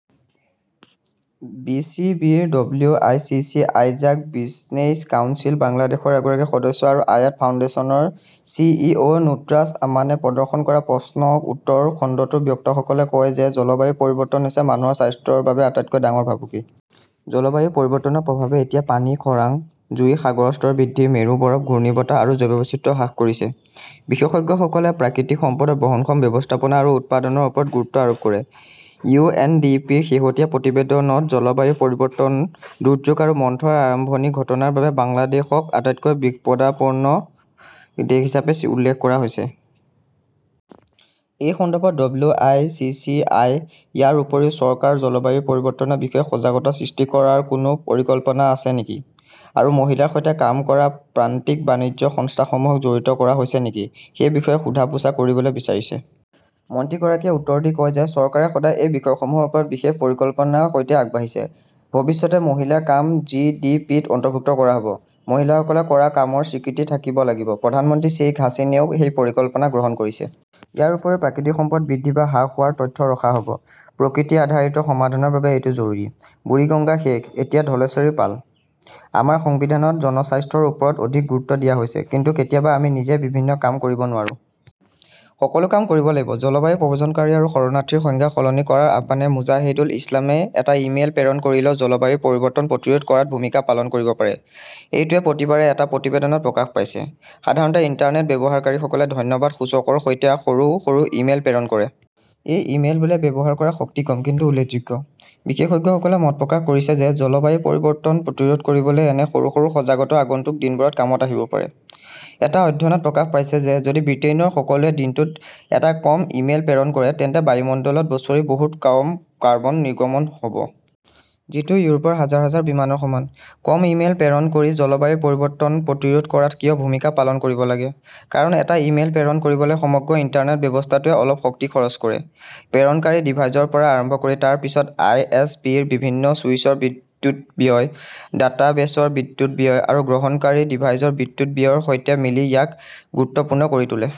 B C বিৰ W I C C I SAARC business council বাংলাদেশৰ এগৰাকী সদস্য আৰু আয়াত ফাউণ্ডেশ্যনৰ চি ই অ নুছৰাট আমানে প্ৰদৰ্শন কৰা প্ৰশ্ন-উত্তৰ খণ্ডটোত বক্তাসকলে কয় যে জলবায়ু পৰিৱৰ্তন হৈছে মানুহৰ স্বাস্থ্যৰ বাবে আটাইতকৈ ডাঙৰ ভাবুকি। জলবায়ু পৰিৱৰ্তনৰ প্ৰভাৱে এতিয়া পানী, খৰাং, জুই, সাগৰৰ স্তৰ বৃদ্ধি, মেৰু বৰফ, ঘূৰ্ণী বতাহ আৰু জৈৱ-বৈচিত্ৰ্য হ্ৰাস কৰিছে। বিশেষজ্ঞসকলে প্ৰাকৃতিক সম্পদৰ বহনক্ষম ব্যৱস্থাপনা আৰু উৎপাদনৰ ওপৰত গুৰুত্ব আৰোপ কৰে। ইউ এন ডি পিৰ শেহতীয়া প্ৰতিবেদনত জলবায়ু পৰিৱৰ্তন, দুৰ্যোগ আৰু মন্থৰ আৰম্ভণিৰ ঘটনাৰ বাবে বাংলাদেশক আটাইতকৈ বিপদাশংকাপূৰ্ণ দেশ হিচাপে উল্লেখ কৰা হৈছে। এই সন্দৰ্ভত W I C C I, ইয়াৰ উপৰিও, চৰকাৰৰ জলবায়ু পৰিৱৰ্তনৰ বিষয়ে সজাগতা সৃষ্টি কৰাৰ কোনো পৰিকল্পনা আছে নেকি? আৰু মহিলাৰ সৈতে কাম কৰা প্ৰান্তিক বাণিজ্য সংস্থাসমূহক জড়িত কৰা হৈছে নেকি? সেই বিষয়ে সোধা-পোছা কৰিবলৈ বিচাৰিছে। মন্ত্ৰীগৰাকীয়ে উত্তৰ দি কয় যে, চৰকাৰে সদায় এই বিষয়সমূহৰ ওপৰত বিশেষ পৰিকল্পনাৰ সৈতে আগবাঢ়িছে। ভৱিষ্যতে মহিলাৰ কাম জি ডি পিত অন্তৰ্ভুক্ত কৰা হ'ব। মহিলাসকলে কৰা কামৰ স্বীকৃতি থাকিব লাগে। প্ৰধানমন্ত্ৰী শ্বেইখ হাছিনায়েও সেই পৰিকল্পনা গ্ৰহণ কৰিছে। ইয়াৰ উপৰিও প্ৰকৃতিক সম্পদ বৃদ্ধি বা হ্ৰাস হোৱাৰ তথ্য ৰখা হ'ব। প্ৰকৃতি-আধাৰিত সমাধানৰ বাবে এইটো জৰুৰী। বুৰিগঙ্গা শেষ, এতিয়া ধলেশ্বৰীৰ পাল। আমাৰ সংবিধানত জনস্বাস্থ্যৰ ওপৰত অধিক গুৰুত্ব দিয়া হৈছে। কিন্তু কেতিয়াবা আমি নিজেই বিভিন্ন কাম কৰিব নোৱাৰোঁ। সকলো কাম কৰিব লাগিব। জলবায়ু প্ৰব্ৰজনকাৰী আৰু শৰণাৰ্থীৰ সংজ্ঞা সলনি কৰাৰ আহ্বান মোজাহেদুল ইছলামে এটা ই-মেইল প্ৰেৰণ কৰিলেও জলবায়ু পৰিৱৰ্তন প্ৰতিৰোধ কৰাত ভূমিকা পালন কৰিব পাৰে। এইটোৱেই প্ৰতিবাৰে এটা প্ৰতিবেদনত প্ৰকাশ পাইছে। সাধাৰণতে ইণ্টাৰনেট ব্যৱহাৰকাৰীসকলে ধন্যবাদ সূচকৰ সৈতে সৰু সৰু ই-মেইল প্ৰেৰণ কৰে। এই ই-মেইলবোৰে ব্যৱহাৰ কৰা শক্তি কম, কিন্তু উল্লেখযোগ্য। বিশেষজ্ঞসকলে মত প্ৰকাশ কৰিছে যে, জলবায়ু পৰিৱৰ্তন প্ৰতিৰোধ কৰিবলৈ এনে সৰু সৰু সজাগতাও আগন্তুক দিনবোৰত কামত আহিব পাৰে। এটা অধ্যয়নত প্ৰকাশ পাইছে যে যদি ব্ৰিটেইনৰ সকলোৱে দিনটোত এটা কম ই-মেইল প্ৰেৰণ কৰে তেন্তে বায়ুমণ্ডলত বছৰি বহুত কম কাৰ্বন নিৰ্গমন হ'ব। যিটো ইউৰোপৰ হাজাৰ হাজাৰ বিমানৰ সমান। কম ই-মেইল প্ৰেৰণ কৰি জলবায়ু পৰিৱৰ্তন প্ৰতিৰোধ কৰাত কিয় ভূমিকা পালন কৰিব লাগে? কাৰণ এটা ই-মেইল প্ৰেৰণ কৰিবলৈ সমগ্ৰ ইণ্টাৰনেট ব্যৱস্থাটোৱে অলপ শক্তি খৰচ কৰে। প্ৰেৰণকাৰী ডিভাইচৰ পৰা আৰম্ভ কৰি, তাৰ পিছত আই এছ পিৰ বিভিন্ন চুইচৰ বিদ্যুৎ ব্যয়, ডাটাবেছৰ বিদ্যুৎ ব্যয় আৰু গ্ৰহণকাৰী ডিভাইচৰ বিদ্যুৎ ব্যয়ৰ সৈতে মিলি ইয়াক গুৰুত্বপূৰ্ণ কৰি তোলে।